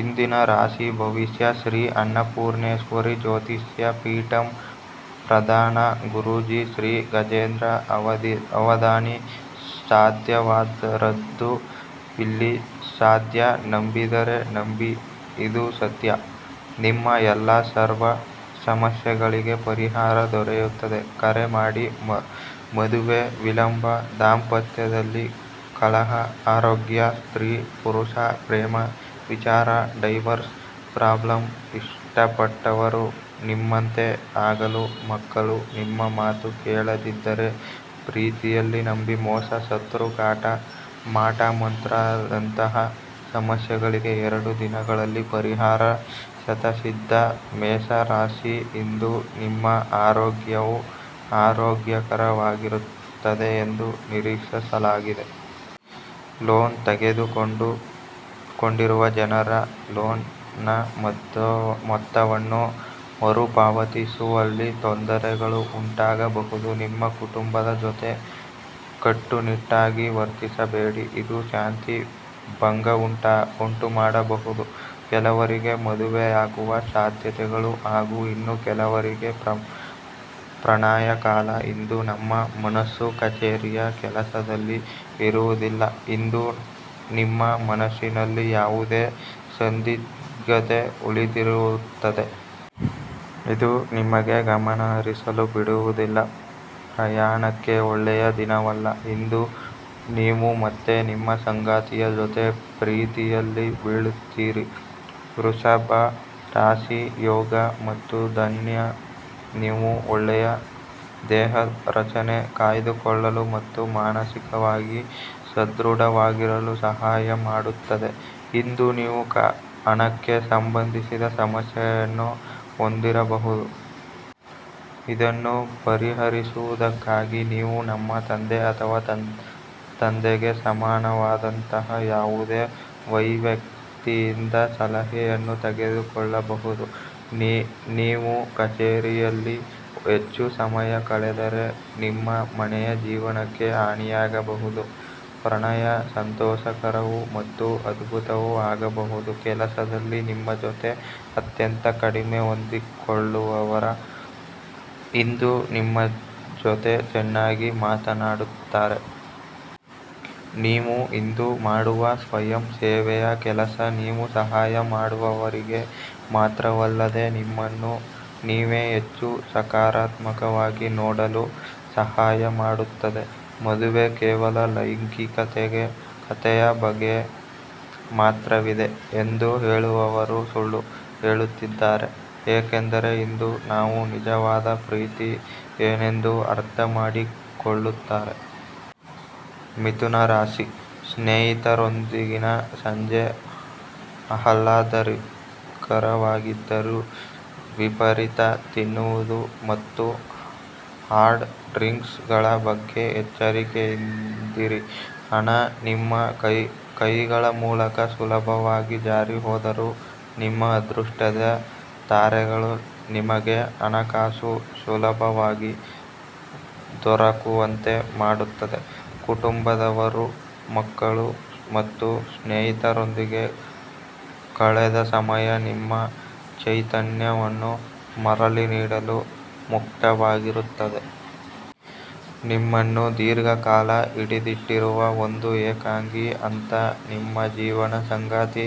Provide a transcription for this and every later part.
ಇಂದಿನ ರಾಶಿ ಭವಿಷ್ಯ. ಶ್ರೀ ಅನ್ನಪೂರ್ಣೇಶ್ವರಿ ಜ್ಯೋತಿಷ್ಯ ಪೀಠಂ. ಪ್ರಧಾನ ಗುರೂಜಿ ಶ್ರೀ ಗಜೇಂದ್ರ ಅವಧಾನಿ. ಸಾಧ್ಯವಾದದ್ದು ಇಲ್ಲಿ ಸಾಧ್ಯ ನಂಬಿದರೆ ನಂಬಿ ಇದು ಸತ್ಯ. ನಿಮ್ಮ ಎಲ್ಲಾ ಸರ್ವ ಸಮಸ್ಯೆಗಳಿಗೆ ಪರಿಹಾರ ದೊರೆಯುತ್ತದೆ. ಕರೆ ಮಾಡಿ. ಮದುವೆ ವಿಳಂಬ, ದಾಂಪತ್ಯದಲ್ಲಿ ಕಲಹ, ಆರೋಗ್ಯ, ಸ್ತ್ರೀ ಪುರುಷಾ ಪ್ರೇಮ ವಿಚಾರ, ಡೈವರ್ಸ್ ಪ್ರಾಬ್ಲಮ್, ಇಷ್ಟಪಟ್ಟವರು ನಿಮ್ಮಂತೆ ಆಗಲು, ಮಕ್ಕಳು ನಿಮ್ಮ ಮಾತು ಕೇಳದಿದ್ದರೆ, ಪ್ರೀತಿಯಲ್ಲಿ ನಂಬಿ ಮೋಸ, ಶತ್ರು ಕಾಟ, ಮಾಟ ಮಂತ್ರದಂತಹ ಸಮಸ್ಯೆಗಳಿಗೆ ಎರಡು ದಿನದಲ್ಲಿ ಪರಿಹಾರ ಶತಸಿದ್ಧ ಮೇಷ ರಾಶಿ: ಇಂದು, ನಿಮ್ಮ ಆರೋಗ್ಯವು ಆರೋಗ್ಯಕರವಾಗಿರುತ್ತದೆ ಎಂದು ನಿರೀಕ್ಷಿಸಲಾಗಿದೆ. ಲೋನ್ ತೆಗೆದುಕೊಂಡಿರುವ ಜನರಿಗೆ ಲೋನ್ ನ ಮೊತ್ತವನ್ನು ಮರುಪಾವತಿಸುವಲ್ಲಿ ತೊಂದರೆಗಳು ಉಂಟಾಗಬಹುದು. ನಿಮ್ಮ ಕುಟುಂಬದ ಜೊತೆ ಕಟ್ಟುನಿಟ್ಟಾಗಿ ವರ್ತಿಸಬೇಡಿ. ಇದು ಶಾಂತಿ ಭಂಗವುಂಟುಮಾಡಬಹುದು. ಕೆಲವರಿಗೆ ಮದುವೆಯಾಗುವ ಸಾಧ್ಯತೆಗಳು ಹಾಗೂ ಇನ್ನೂ ಕೆಲವರಿಗೆ ಪ್ರಣಯ ಕಾಲ. ಇಂದು ನಿಮ್ಮ ಮನಸ್ಸು ಕಚೇರಿಯ ಕೆಲಸದಲ್ಲಿ ಇರುವುದಿಲ್ಲ. ಇಂದು ನಿಮ್ಮ ಮನಸ್ಸಿನಲ್ಲಿ ಯಾವುದೇ ಸಂದಿಗ್ಧತೆ ಉಳಿದಿರುತ್ತದೆ. ಇದು ನಿಮಗೆ ಗಮನಹರಿಸಲು ಬಿಡುವುದಿಲ್ಲ. ಪ್ರಯಾಣಕ್ಕೆ ಒಳ್ಳೆಯ ದಿನವಲ್ಲ. ಇಂದು, ನೀವು ಮತ್ತೆ ನಿಮ್ಮ ಸಂಗಾತಿಯ ಜೊತೆ ಪ್ರೀತಿಯಲ್ಲಿ ಬೀಳುತ್ತೀರಿ. ವೃಷಭ ರಾಶಿ: ಯೋಗ ಮತ್ತು ಧ್ಯಾನ ನೀವು ಒಳ್ಳೆಯ ದೇಹರಚನೆ ಕಾಯ್ದುಕೊಳ್ಳಲು ಮತ್ತು ಮಾನಸಿಕವಾಗಿ ಸಧೃಢವಾಗಿರಲು ಸಹಾಯ ಮಾಡುತ್ತದೆ. ಇಂದು ನೀವು ಹಣಕ್ಕೆ ಸಂಬಂಧಿಸಿದ ಸಮಸ್ಯೆಯನ್ನು ಹೊಂದಿರಬಹುದು. ಇದನ್ನು ಪರಿಹರಿಸುವುದಕ್ಕಾಗಿ ನೀವು ನಿಮ್ಮ ತಂದೆ ಅಥವಾ ತಂದೆಗೆ ಸಮಾನವಾದಂತಹ ಯಾವುದೇ ವೈವ್ಯಕ್ತಿಯಿಂದ ಸಲಹೆಯನ್ನು ತೆಗೆದುಕೊಳ್ಳಬಹುದು. ನೀವು ಕಛೇರಿಯಲ್ಲಿ ಹೆಚ್ಚು ಸಮಯ ಕಳೆದರೆ ನಿಮ್ಮ ಮನೆಯ ಜೀವನಕ್ಕೆ ಹಾನಿಯಾಗಬಹುದು. ಪ್ರಣಯ ಸಂತೋಷಕರವೂ ಮತ್ತು ಅದ್ಭುತವೂ ಆಗಬಹುದು. ಕೆಲಸದಲ್ಲಿ ನಿಮ್ಮ ಜೊತೆ ಅತ್ಯಂತ ಕಡಿಮೆ ಹೊಂದಿಕೊಳ್ಳುವವರು ಇಂದು ನಿಮ್ಮ ಜೊತೆ ಚೆನ್ನಾಗಿ ಮಾತನಾಡುತ್ತಾರೆ. ನೀವು ಇಂದು ಮಾಡುವ ಸ್ವಯಂ ಸೇವೆಯ ಕೆಲಸ ನೀವು ಸಹಾಯ ಮಾಡುವವರಿಗೆ ಮಾತ್ರವಲ್ಲದೇ ನಮ್ಮನ್ನು ನೀವೇ ಹೆಚ್ಚು ಸಕಾರಾತ್ಮಕವಾಗಿ ನೋಡಲು ಸಹಾಯ ಮಾಡುತ್ತದೆ. ಮದುವೆ ಕೇವಲ ಲೈಂಗಿಕತೆಯ ಬಗ್ಗೆ ಮಾತ್ರವಿದೆ ಎಂದು ಹೇಳುವವರು, ಸುಳ್ಳು ಹೇಳುತ್ತಿದ್ದಾರೆ. ಏಕೆಂದರೆ ಇಂದು, ನೀವು ನಿಜವಾದ ಪ್ರೀತಿ ಏನೆಂದು ಅರ್ಥ ಮಾಡಿಕೊಳ್ಳುತ್ತಾರೆ. ಮಿಥುನ ರಾಶಿ: ಸ್ನೇಹಿತರೊಂದಿಗಿನ ಸಂಜೆ ಆಹ್ಲಾದಕರವಾಗಿದ್ದರೂ ವಿಪರೀತ ತಿನ್ನುವುದು ಮತ್ತು ಹಾರ್ಡ್ ಡ್ರಿಂಕ್ ಗಳ ಬಗ್ಗೆ ಎಚ್ಚರಿಕೆಯಿಂದಿರಿ. ಹಣ ನಿಮ್ಮ ಕೈಗಳ ಮೂಲಕ ಸುಲಭವಾಗಿ ಜಾರಿಹೋದರೂ – ನಿಮ್ಮ ಅದೃಷ್ಟದ ತಾರೆಗಳು ನಿಮಗೆ ಹಣಕಾಸು ಸುಲಭವಾಗಿ ದೊರಕುವಂತೆ ಮಾಡುತ್ತದೆ. ಕುಟುಂಬದವರು, ಮಕ್ಕಳು ಮತ್ತು ಸ್ನೇಹಿತರೊಂದಿಗೆ ಕಳೆದ ಸಮಯ ನಿಮ್ಮ ಚೈತನ್ಯವನ್ನು ಮರಳಿ ನೀಡಲು ಮುಕ್ತವಾಗಿರುತ್ತದೆ. ನಿಮ್ಮನ್ನು ದೀರ್ಘಕಾಲ ಹಿಡಿದಿಟ್ಟಿರುವ ಒಂದು ಏಕಾಂಗಿ ಹಂತ ನಿಮ್ಮ ಜೀವನ ಸಂಗಾತಿ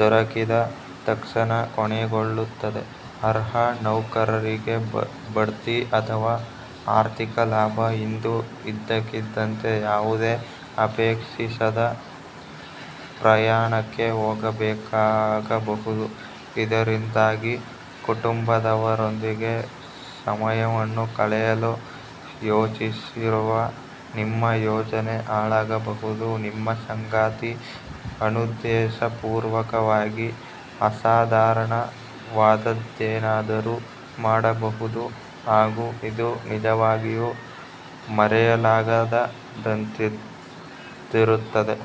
ದೊರಕಿದ ತಕ್ಷಣ ಕೊನೆಗೊಳ್ಳುತ್ತದೆ. ಅರ್ಹ ನೌಕರರಿಗೆ ಬಡ್ತಿ ಅಥವಾ ಆರ್ಥಿಕ ಲಾಭ. ಇಂದು ಇದ್ದಕ್ಕಿದ್ದಂತೆ ಯಾವುದೇ ಅಪೇಕ್ಷಿಸದ ಪ್ರಯಾಣಕ್ಕೆ ಹೋಗಬೇಕಾಗಬಹುದು. ಇದರಿಂದಾಗಿ ಕುಟುಂಬದವರೊಂದಿಗೆ ಸಮಯವನ್ನು ಕಳೆಯಲು ಯೋಜಿಸಿರುವ ನಿಮ್ಮ ಯೋಜನೆ ಹಾಳಾಗಬಹುದು. ನಿಮ್ಮ ಸಂಗಾತಿ ಅನುದ್ದೇಶಪೂರ್ವಕವಾಗಿ ಅಸಾಧಾರಣವಾದದ್ದೇನಾದರೂ ಮಾಡಬಹುದು ಹಾಗೂ ಇದು ನಿಜವಾಗಿಯೂ ಮರೆಯಲಾಗದಂತಿರುತ್ತದೆ.